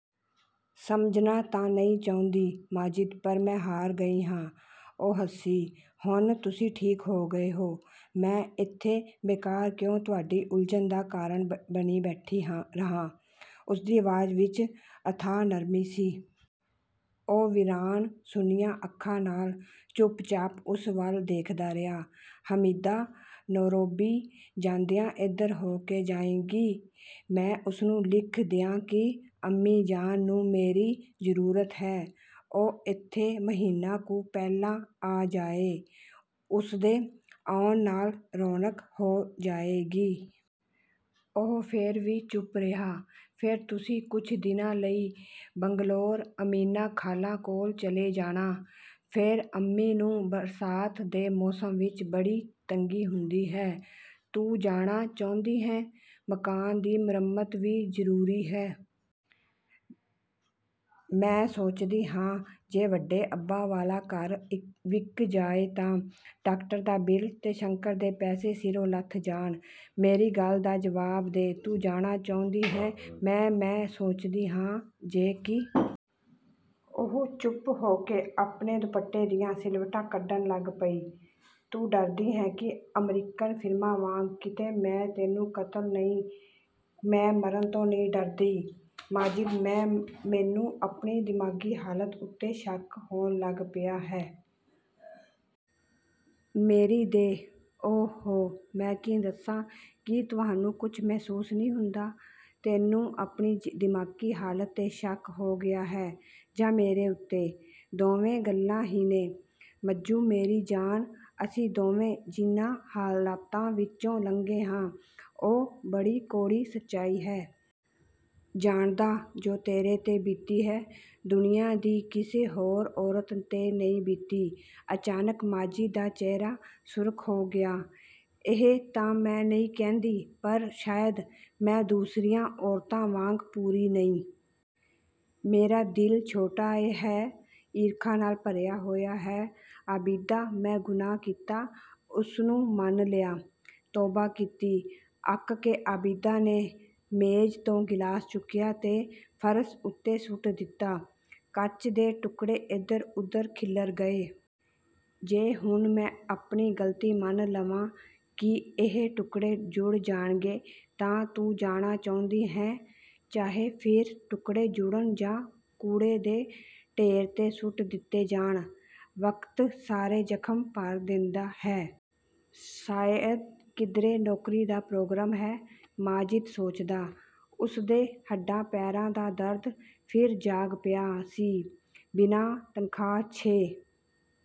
"ਸਮਝਣਾ ਤਾਂ ਨਹੀਂ ਚਾਹੁੰਦੀ ਮਾਜਿਦ, ਪਰ ਮੈਂ ਹਾਰ ਗਈ ਹਾਂ।" ਉਹ ਹੱਸੀ, "ਹੁਣ ਤੁਸੀਂ ਠੀਕ ਹੋ ਗਏ ਹੋ, ਮੈਂ ਇੱਥੇ ਬੇਕਾਰ ਕਿਉਂ ਤੁਹਾਡੀ ਉਲਝਣ ਦਾ ਕਾਰਨ ਬਣੀ ਬੈਠੀ ਰਹਾਂ?" ਉਸਦੀ ਆਵਾਜ਼ ਵਿੱਚ ਅਥਾਹ ਨਰਮੀ ਸੀ। ਉਹ ਵੀਰਾਨ-ਸੁੰਨੀਆਂ ਅੱਖਾਂ ਨਾਲ ਚੁੱਪਚਾਪ ਉਸ ਵੱਲ ਦੇਖਦਾ ਰਿਹਾ। "ਹਮੀਦਾ ਨੇਰੋਬੀ ਜਾਂਦਿਆਂ ਇੱਧਰ ਹੋ ਕੇ ਜਾਏਗੀ। ਮੈਂ ਉਸਨੂੰ ਲਿਖ ਦਿਆਂ ਕਿ ਅੰਮੀ ਜਾਨ ਨੂੰ ਮੇਰੀ ਜ਼ਰੂਰਤ ਹੈ, ਉਹ ਇੱਥੇ ਮਹੀਨਾ ਕੁ ਪਹਿਲਾਂ ਆ ਜਾਏ, ਉਸਦੇ ਆਉਣ ਨਾਲ ਰੌਣਕ ਹੋ ਜਾਏਗੀ।" ਉਹ ਫਿਰ ਵੀ ਚੁੱਪ ਰਿਹਾ। "ਫਿਰ ਤੁਸੀਂ ਕੁਝ ਦਿਨਾਂ ਲਈ ਬੰਗਲੌਰ, ਅਮੀਨਾ ਖਾਲਾ ਕੋਲ ਚਲੇ ਜਾਣਾ।" "ਫਿਰ?" "ਅੰਮੀ ਨੂੰ ਬਰਸਾਤ ਦੇ ਮੌਸਮ ਵਿੱਚ ਬੜੀ ਤੰਗੀ ਹੁੰਦੀ ਹੈ।" "ਤੂੰ ਜਾਣਾ ਚਾਹੁੰਦੀ ਹੈਂ?" "ਮਕਾਨ ਦੀ ਮੁਰੰਮਤ ਵੀ ਜ਼ਰੂਰੀ ਹੈ। ਮੈਂ ਸੋਚਦੀ ਹਾਂ ਜੇ ਵੱਡੇ ਅੱਬਾ ਵਾਲਾ ਘਰ ਵਿਕ ਜਾਏ ਤਾਂ ਡਾਕਟਰ ਦਾ ਬਿੱਲ ਤੇ ਸ਼ੰਕਰ ਦੇ ਪੈਸੇ ਸਿਰੋਂ ਲੱਥ ਜਾਣ।" "ਮੇਰੀ ਗੱਲ ਦਾ ਜਵਾਬ ਦੇ, ਤੂੰ ਜਾਣਾ ਚਾਹੁੰਦੀ ਹੈਂ?" "ਮੈਂ-ਮੈਂ ਸੋਚਦੀ ਹਾਂ ਜੇ," "ਕੀ?" ਉਹ ਚੁੱਪ ਹੋ ਕੇ ਆਪਣੇ ਦੁਪੱਟੇ ਦੀਆਂ ਸਿਲਵਟਾਂ ਕੱਢਣ ਲੱਗ ਪਈ। "ਤੂੰ ਡਰਦੀ ਹੈਂ ਕਿ ਅਮਰੀਕਨ ਫ਼ਿਲਮਾਂ ਵਾਂਗ ਕਿਤੇ ਮੈਂ ਤੈਨੂੰ ਕਤਲ" "ਨਹੀਂ, ਮੈਂ ਮਰਨ ਤੋਂ ਨਹੀਂ ਡਰਦੀ ਮਾਜਿਦ, ਮ-ਮੈਨੂੰ ਆਪਣੀ ਦਿਮਾਗ਼ੀ ਹਾਲਤ ਉੱਤੇ ਸ਼ੱਕ ਹੋਣ ਲੱਗ ਪਿਆ ਹੈ। ਮੇਰੀ ਦੇਹ, ਓ-ਹੋ, ਮੈਂ ਕੀ ਦੱਸਾਂ। ਕੀ ਤੁਹਾਨੂੰ ਕੁਝ ਮਹਿਸੂਸ ਨਹੀਂ ਹੁੰਦਾ?" "ਤੈਨੂੰ ਆਪਣੀ ਦਿਮਾਗ਼ੀ ਹਾਲਤ 'ਤੇ ਸ਼ੱਕ ਹੋ ਗਿਆ ਹੈ, ਜਾਂ ਮੇਰੇ ਉੱਤੇ?" "ਦੋਵੇਂ ਗੱਲਾਂ ਹੀ ਨੇ। ਮੱਜੂ ਮੇਰੀ ਜਾਨ ਅਸੀਂ ਦੋਵੇਂ ਜਿਹਨਾਂ ਹਾਲਤਾਂ ਵਿੱਚੋਂ ਲੰਘੇ ਹਾਂ, ਉਹ ਬੜੀ ਕੌੜੀ ਸਚਾਈ ਹੈ।" "ਜਾਣਦਾ, ਜੋ ਤੇਰੇ 'ਤੇ ਬੀਤੀ ਹੈ, ਦੁਨੀਆਂ ਦੀ ਕਿਸੇ ਹੋਰ ਔਰਤ 'ਤੇ ਨਹੀਂ ਬੀਤੀ।" ਅਚਾਨਕ ਮਾਜਿਦ ਦਾ ਚਿਹਰਾ ਸੁਰਖ਼ ਹੋ ਗਿਆ। "ਇਹ ਤਾਂ ਮੈਂ ਨਹੀਂ ਕਹਿੰਦੀ, ਪਰ ਸ਼ਾਇਦ ਮੈਂ ਦੂਸਰੀਆਂ ਔਰਤਾਂ ਵਾਂਗ ਪੂਰੀ ਨਹੀਂ। ਮੇਰਾ ਦਿਲ ਛੋਟਾ ਹੈ। ਈਰਖਾ ਨਾਲ ਭਰਿਆ ਹੋਇਆ ਹੈ।" "ਆਬਿਦਾ, ਮੈਂ ਗੁਨਾਹ ਕੀਤਾ, ਉਸਨੂੰ ਮੰਨ ਲਿਆ, ਤੋਬਾ ਕੀਤੀ!" ਅੱਕ ਕੇ ਆਬਿਦਾ ਨੇ ਮੇਜ਼ ਤੋਂ ਗਿਲਾਸ ਚੁੱਕਿਆ ਤੇ ਫ਼ਰਸ਼ ਉੱਤੇ ਸੁੱਟ ਦਿੱਤਾ। ਕੱਚ ਦੇ ਟੁੱਕੜੇ ਇਧਰ-ਉਧਰ ਖਿੱਲਰ ਗਏ। "ਜੇ ਹੁਣ ਮੈਂ ਆਪਣੀ ਗ਼ਲਤੀ ਮੰਨ ਲਵਾਂ, ਕੀ ਇਹ ਟੁਕੜੇ ਜੁੜ ਜਾਣਗੇ?" "ਤਾਂ ਤੂੰ ਜਾਣਾ ਚਾਹੁੰਦੀ ਹੈਂ, ਚਾਹੇ ਫਿਰ ਟੁਕੜੇ ਜੁੜਨ ਜਾਂ ਕੂੜੇ ਦੇ ਢੇਰ 'ਤੇ ਸੁੱਟ ਦਿੱਤੇ ਜਾਣ?" "ਵਕਤ ਸਾਰੇ ਜ਼ਖ਼ਮ ਭਰ ਦੇਂਦਾ ਹੈ। ਸ਼ਾਇਦ ਕਿਧਰੇ ਨੌਕਰੀ ਦਾ ਪ੍ਰੋਗਰਾਮ ਹੈ," ਮਾਜਿਦ ਸੋਚਦਾ। ਉਸਦੇ ਹੱਡਾਂ-ਪੈਰਾਂ ਦਾ ਦਰਦ ਫਿਰ ਜਾਗ ਪਿਆ ਸੀ। ਬਿਨਾਂ ਤਨਖ਼ਾਹ, ਛੇ